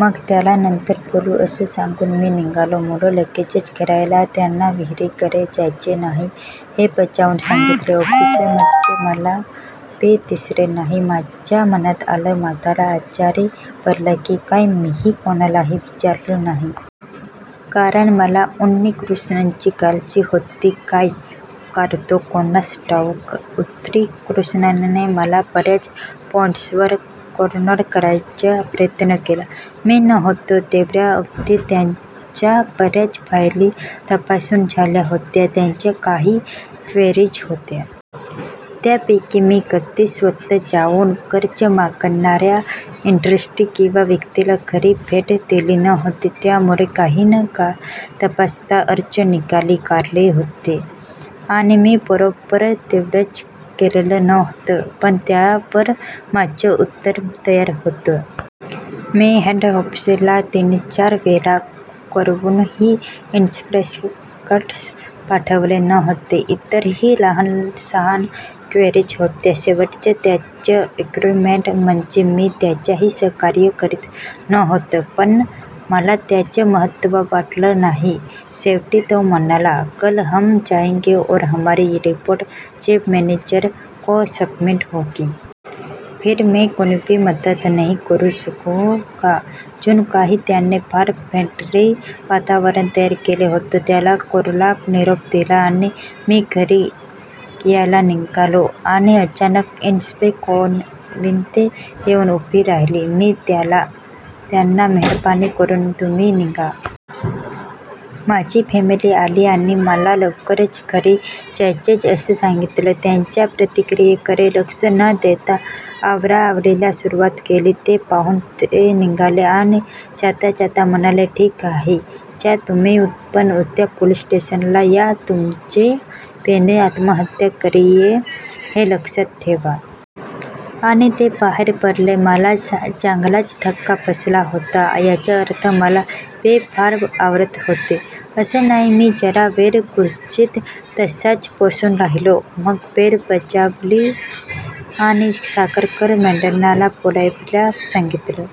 मग त्याला नंतर बोलू असं सांगून मी निघालो. मुलं लगेचंच खेळायला. त्यांना विहीरीकडे जायचं नाही हे बजावून सांगितलं. ऑफिसमध्ये मला पै दिसले नाही. माझ्या मनात आलं, म्हातारा आजारी पडला की काय? मीही कोणालाही विचारलं नाही. कारण मला उन्नीकृष्णन ची काळजी होती. काय काढतो कोणास ठाऊक? उन्नीकृष्णनने मला बऱ्याच पॉईंट्स वर कॉर्नर करायचा प्रयत्न केला. मी नव्हतो तेवढ्या अवधीत त्यांच्या बऱ्याच फायली तपासून झाल्या होत्या. त्यांच्या काही क्वेरीज होत्या. त्यापैकी मी कधी स्वतः जाऊन कर्ज मागणाऱ्या इंडस्ट्री किंवा व्यक्तीच्या घरी भेट दिली नव्हती. त्यामुळे काहीही न तपासता अर्ज निकाली काढले होते. आणि मी बरोबर तेवढंच केलेलं नव्हतं. पण त्यावर माझं उत्तर तयार होतं. मी हेडऑफिसला तीनचार वेळा कळवूनही इन्स्पेक्टर्स पाठवले नव्हते. इतरही लहान सहान क्वेरिज होत्या. शेवटचं त्यांचं अर्ग्यूमेंट म्हणजे मी त्याच्याशी सहकार्य करीत नव्हतो. पण मला त्याचं महत्व वाटलं नाही. शेवटी तो म्हणाला," कल हम जायेंगे और हमारी ये रिपोर्ट चीफ मॅनेजर को सबमिट होगी. फिर मैं कुणबी मदत नहीं कर सकूंगा" जणूकाही त्याने फार फ्रेंडली वातावरण तयार केलं होतं. त्याला कोरडा निरोप दिला आणि मी घरी यायला निघालो. आणि अचानक इन्स्पे. कानविंदे येऊन उभे राहिले. मी त्यांना मेहरबानी करुन तुम्ही निघा. माझी फॅमिली आली आहे आणि मला लवकर घरी जायचंय असं सांगितलं. त्यांच्या प्रतिक्रियेकडे लक्ष न देता आवराआवरीला सुरुवात केली. ते पाहून ते निघाले आणि जाता जाता म्हणाले," ठीक आहे, जा तुम्ही, पण उद्या पोलिस स्टेशनला या, तुमच्या पैंनी आत्महत्या केलिये हे लक्षात ठेवा. " आणि ते बाहेर पडले. मला चांगलाच धक्का बसला होता. याचा अर्थ मला पै फार आवडत होते असं नाही. मी जरा वेळ खुर्चीत तसाच बसून राहिलो. मग बेल वाजवली, आणि साखळकर मॅडमना बोलवायला सांगितलं.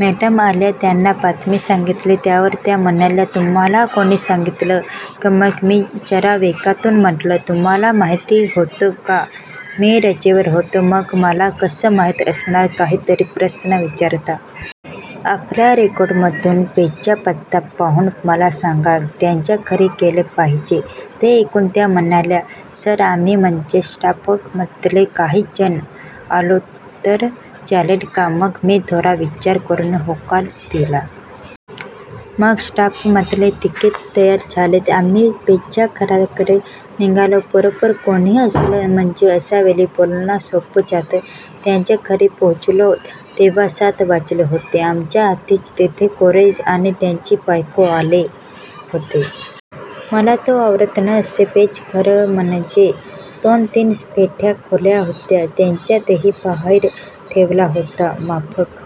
मॅडम आल्या. त्यांना बातमी सांगितली. त्यावर त्या म्हणाल्या," तुम्हाला कोणी सांगितलं? " मग मी जरा वैतागून म्हंटलं, " तुम्हाला माहिती होतं का? मी रजेवर होतो, मग मला कसं माहित असणार? काहीतरीच प्रश्न विचारता. आपल्या रेकॉर्ड मधून पैंचा पत्ता पाहून मला सांगा. त्यांच्या घरी गेलं पाहिजे. " ते ऐकून त्या म्हणाल्या," सर आम्ही, म्हणजे स्टाफमधले काही जण आलो तर चालेल का? " मग मी थोडा विचार करून होकार दिला. मग स्टाफमधले तिघे तयार झाले. आम्ही पैंच्या घराकडे निघालो. बरोबर कोणी असलं म्हणजे अशा वेळी बोलणं सोपं जातं. त्यांच्या घरी पोहोचलो, तेव्हा सात वाजले होते. आमच्या आधीच तिथे गोळे आणि त्याची बायको आले होते. मला तो आवडत नसे. पैंचं घर म्हणजे दोन तीन बैठ्या खोल्या होत्या. त्यांचा देह बाहेर ठेवला होता माफक